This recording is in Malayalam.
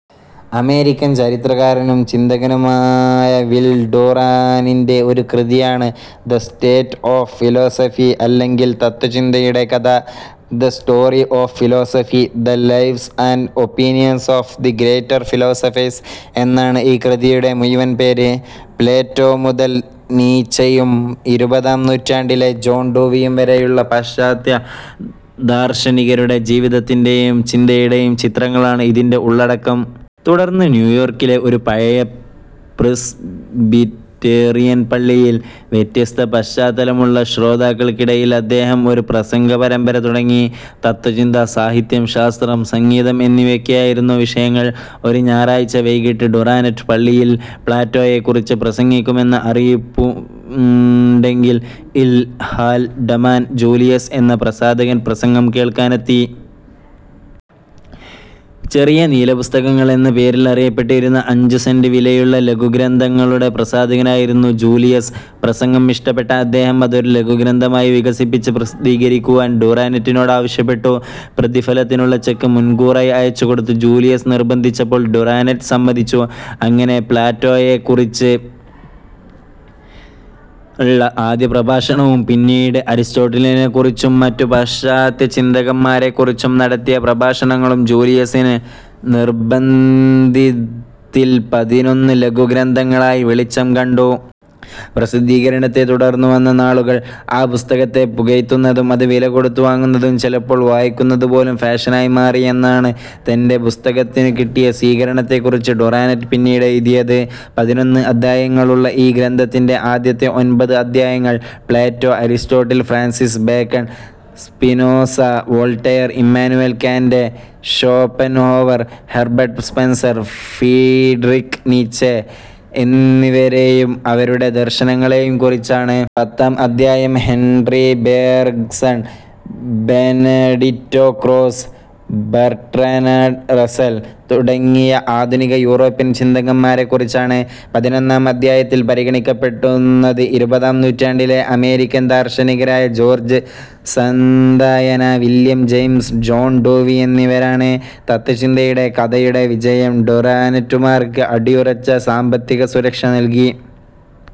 അമേരിക്കൻ ചരിത്രകാരനും ചിന്തകനുമായ വിൽ ഡുറാന്റിന്റെ ഒരു കൃതിയാണ് ദ സ്റ്റോറി ഓഫ് ഫിലോസഫി അല്ലെങ്കിൽ തത്ത്വചിന്തയുടെ കഥ. "The story of philosophy, the lives and opinions of the greater philosophers" എന്നാണ് ഈ കൃതിയുടെ മുഴുവൻ പേര്. പ്ലേറ്റോ മുതൽ നീച്ചയും ഇരുപതാം നൂറ്റാണ്ടിലെ ജോൺ ഡൂവിയും വരേയുള്ള പാശ്ചാത്യ ദാർശനികരുടെ ജീവിതത്തിന്റേയും ചിന്തയുടേയും ചിത്രങ്ങളാണ് ഇതിന്റെ ഉള്ളടക്കം. തുടർന്ന്, ന്യൂയോർക്കിലെ ഒരു പഴയ പ്രിസ്ബിറ്റേറിയൻ പള്ളിയിൽ വ്യത്യസ്തപശ്ചാത്തലമുള്ള ശ്രോതക്കൾക്കിടയിൽ അദ്ദേഹം ഒരു പ്രസംഗപരമ്പര തുടങ്ങി. തത്ത്വചിന്ത, സാഹിത്യം, ശാസ്ത്രം, സംഗീതം എന്നിവയൊക്കെയായിരുന്നു വിഷയങ്ങൾ. ഒരു ഞായറാഴ്ച വൈകിട്ട് ഡുറാന്റ് പള്ളിയിൽ പ്ലേറ്റോയേക്കുറിച്ച് പ്രസംഗിക്കുമെന്ന അറിയിപ്പുകണ്ട ഇ ഹാൽഡെമാൻ ജൂലിയസ് എന്ന പ്രസാധകൻ പ്രസംഗം കേൾക്കാനെത്തി. ചെറിയ നീലപ്പുസ്തകങ്ങൾ എന്ന പേരിലറിയപ്പെട്ടിരുന്ന അഞ്ചു സെന്റ് വിലയുള്ള ലഘുഗ്രന്ഥങ്ങളുടെ പ്രസാധകനായിരുന്നു ജൂലിയസ്. പ്രസംഗം ഇഷ്ടപ്പെട്ട അദ്ദേഹം അത് ഒരു ലഘുഗ്രന്ഥമായി വികസിപ്പിച്ച് പ്രസിദ്ധീകരിക്കുവാൻ ഡുറാന്റിനോടാവശ്യപ്പെട്ടു. പ്രതിഫലത്തിനുള്ള ചെക്ക് മുൻകൂറായി അയച്ചുകൊടുത്ത് ജൂലിയസ് നിർബ്ബന്ധിച്ചപ്പോൾ ഡുറാന്റ് സമ്മതിച്ചു. അങ്ങനെ പ്ലേറ്റോയേക്കുറിച്ചുള്ള ആദ്യപ്രഭാഷണവും പിന്നീട് അരിസ്റ്റോട്ടിലിനെക്കുറിച്ചും മറ്റു പാശ്ചാത്യതത്ത്വചിന്തകന്മാരെക്കുറിച്ചും നടത്തിയ പ്രഭാഷണങ്ങളും ജൂലിയസിന്റെ നിർബ്ബന്ധത്തിൽ പതിനൊന്നു ലഘുഗ്രന്ഥങ്ങളായി വെളിച്ചം കണ്ടു. പ്രസിദ്ധീകരണത്തെ തുടർന്നു വന്ന നാളുകളിൽ ആ പുസ്തകത്തെ പുകഴ്ത്തുന്നതും, അത് വിലകൊടുത്തു വാങ്ങുന്നതും, ചിലപ്പോൾ വായിക്കുന്നതുപോലും ഫാഷനായി മാറി എന്നാണ് തന്റെ പുസ്തകത്തിനുകിട്ടിയ സ്വീകരണത്തെക്കുറിച്ച് ഡുറാന്റ് പിന്നീട് എഴുതിയത്. പതിനൊന്ന് അദ്ധ്യായങ്ങളുള്ള ഈ ഗ്രന്ഥത്തിന്റെ ആദ്യത്തെ ഒൻപത് അദ്ധ്യായങ്ങൾ Plato, Aristotle, Francis Bacon, Spinoza, Voltaire, Immanuel Kant, Schopenhauer, Herbert Spencer, Friedrich Nietzsche എന്നിവരേയും അവരുടെ ദർശനങ്ങളേയും കുറിച്ചാണ്. പത്താം അദ്ധ്യായം Henri Bergson, Benedetto Croce Bertrand Russell തുടങ്ങിയ ആധുനിക യൂറോപ്യൻ ചിന്തകന്മാരെക്കുറിച്ചാണ്. പതിനൊന്നാം അദ്ധ്യായത്തിൽ പരിഗണിക്കപ്പെടുന്നത് ഇരുപതാം നൂറ്റാണ്ടിലെ അമേരിക്കൻ ദാർശനികരായ George Santayana, William James, John Dewey എന്നിവരാണ്. തത്ത്വചിന്തയുടെ കഥയുടെ വിജയം ഡുറാന്റുമാർക്ക് അടിയുറച്ച സാമ്പത്തിക സുരക്ഷ നൽകി.